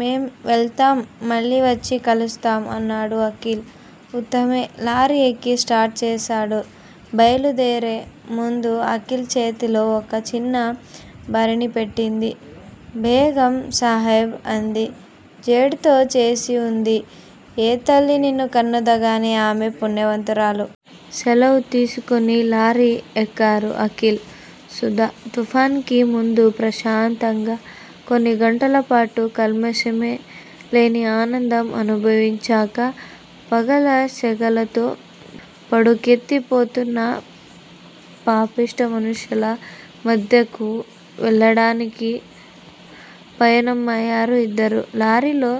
మేం వెళ్తాం. మళ్ళీ వచ్చి కలుస్తాము అన్నాడు అఖిల్. ఉత్తమ్ లారీ ఎక్కి స్టార్ట్ చేశాడు. బయలుదేరే ముందు అఖిల్ చేతిలో ఒక చిన్న భరిణె పెట్టింది బేగం సాహెబా. అంది జేడ్ తో చేసి వుంది. ఏ తల్లి నిన్ను కన్నదోగానీ ఆమె పుణ్యావంతురాలు. సెలవు తీసుకుని లారీ ఎక్కారు అఖిల్, సుధా. తుఫాన్ కి ముందు ప్రశాంతంగా కొన్ని గంటలపాటు కల్మషమే లేని ఆనందం అనుభవించాక పగల సెగలతో ఉడుకెత్తి పోతున్న పాపిష్టి మనుషుల మధ్యకు వెళ్ళడానికి పయనమయ్యారు ఇద్దరూ. లారీలో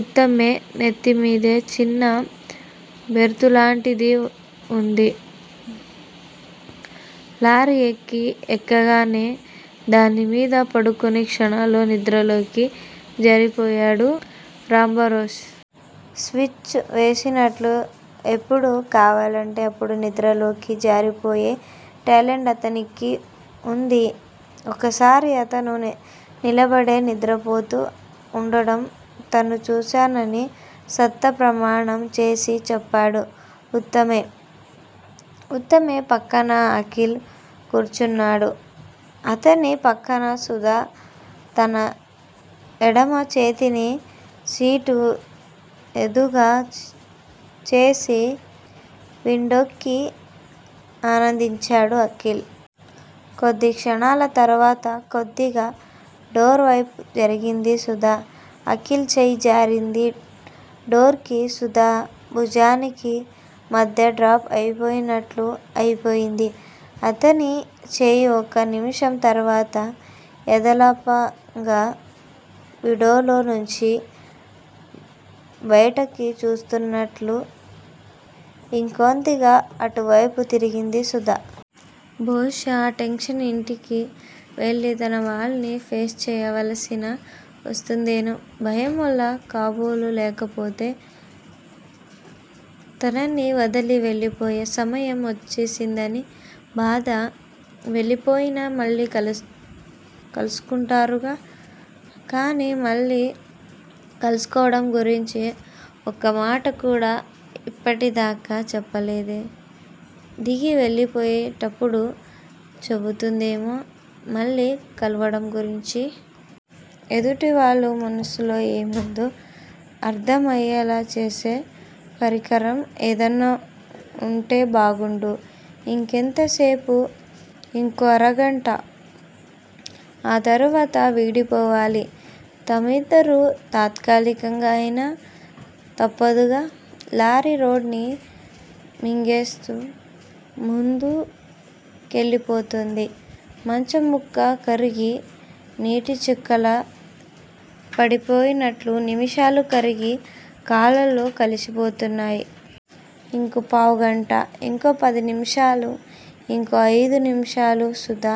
ఉత్తమ్ నెత్తిమీదే చిన్న బెర్తులాంటిది ఉంది. లారీ ఎక్కీ ఎక్కగానే దానిమీద పడుకుని క్షణంలో నిద్రలోకి జారిపోయాడు రాంభరోసే. స్విచ్ వేసినట్లు ఎప్పుడు కావాలంటే అప్పుడు నిద్రలోకి జారిపోయే టాలెంటు అతనికి వుంది. ఒకసారి అతను నిలబడే నిద్రపోతూ వుండడం తను చూశానని సత్య ప్రమాణం చేసి చెప్పాడు ఉత్తమ్. ఉత్తమ్ పక్కన అఖిల్ కూర్చున్నాడు. అతని పక్కన సుధ. తన ఎడమ చేతిని సీటు మీదుగా చేసి, విండోకి ఆనించాడు అఖిల్. కొద్ది క్షణాల తర్వాత, కొద్దిగా డోర్ వైపు జరిగింది సుధ. అఖిల్ చెయ్యి జారిపోయింది. డోర్ కి, సుధ భుజానికీ మధ్య ట్రాప్ అయిపోయినట్లు అయ్యింది అతని చెయ్యి. ఒక నిమిషం తర్వాత, యధాలాపంగా విడోలో నుంచి బయటికి చూస్తున్నట్లు ఇంకొద్దిగా అటువైపు తిరిగింది సుధ. బహుశా ఆ టెన్షన్ ఇంటికి వెళ్ళి తన వాళ్ళని ఫేస్ చెయ్యవలసిన వస్తుందనే భయంవల్ల కాబోలు. లేకపోతే, తనని వదిలి వెళ్ళిపోయే సమయం వచ్చేసిందని బాధా? వెళ్ళిపోయినా మళ్ళీ కలుసుకుంటారుగా! కానీ, మళ్ళీ కలుసుకోవడం గురించి ఒక్క మాట కూడా ఇప్పటిదాకా చెప్పలేదే! దిగి వెళ్ళిపోయేటప్పుడు చెబుతుందేమో మళ్ళీ కలవడం గురించి. ఎదుటివాళ్ళ మనసులో ఏముందో అర్ధం అయ్యేలా చేసే పరికరం ఏదన్నా వుంటే బావుండు. ఇంకెంతసేపు! ఇంకో అరగంట! ఆ తర్వాత విడిపోవాలి తామిద్దరూ. తాత్కాలికంగానే అయినా, తప్పదు కదా! లారీ రోడ్డుని మింగేస్తూ ముందుకెళ్ళిపోతోంది. మంచుముక్క కరిగి నీటిచుక్కల పడిపోయినట్లు, నిమిషాలు కరిగి కాలంలో కలిసిపోతున్నాయి. ఇంకో పావుగంట. ఇంకో పది నిమిషాలు. ఇంకో అయిదు నిమిషాలు. సుధ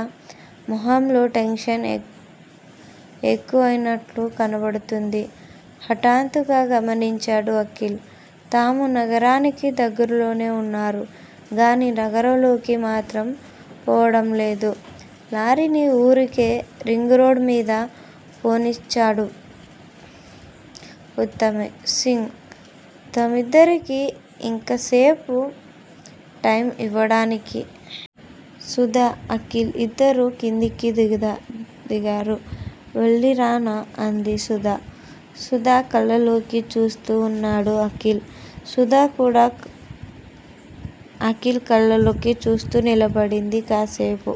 మొహంలో టెన్షన్ ఎక్కువయినట్లు కనబడుతోంది. హఠాత్తుగా గమనించాడు అఖిల్. తాము నగరానికి దగ్గరలోనే వున్నారు గానీ నగరంలోకి మాత్రం పోవడం లేదు. లారీని ఊరికే రింగురోడ్డు మీద పోనిస్తున్నాడు ఉత్తమ్ సింగ్. తామిద్దరికీ ఇంకాసేపు టైం ఇవ్వడానికే. సుధా, అఖిల్ ఇద్దరూ కిందికి దిగారు. వెళ్ళిరానా? అంది సుధ. సుధ కళ్ళలోకే చూస్తూ వున్నాడు అఖిల్. సుధ కూడా అఖిల్ కళ్ళలోకే చూస్తూ నిలబడింది కాసేపు.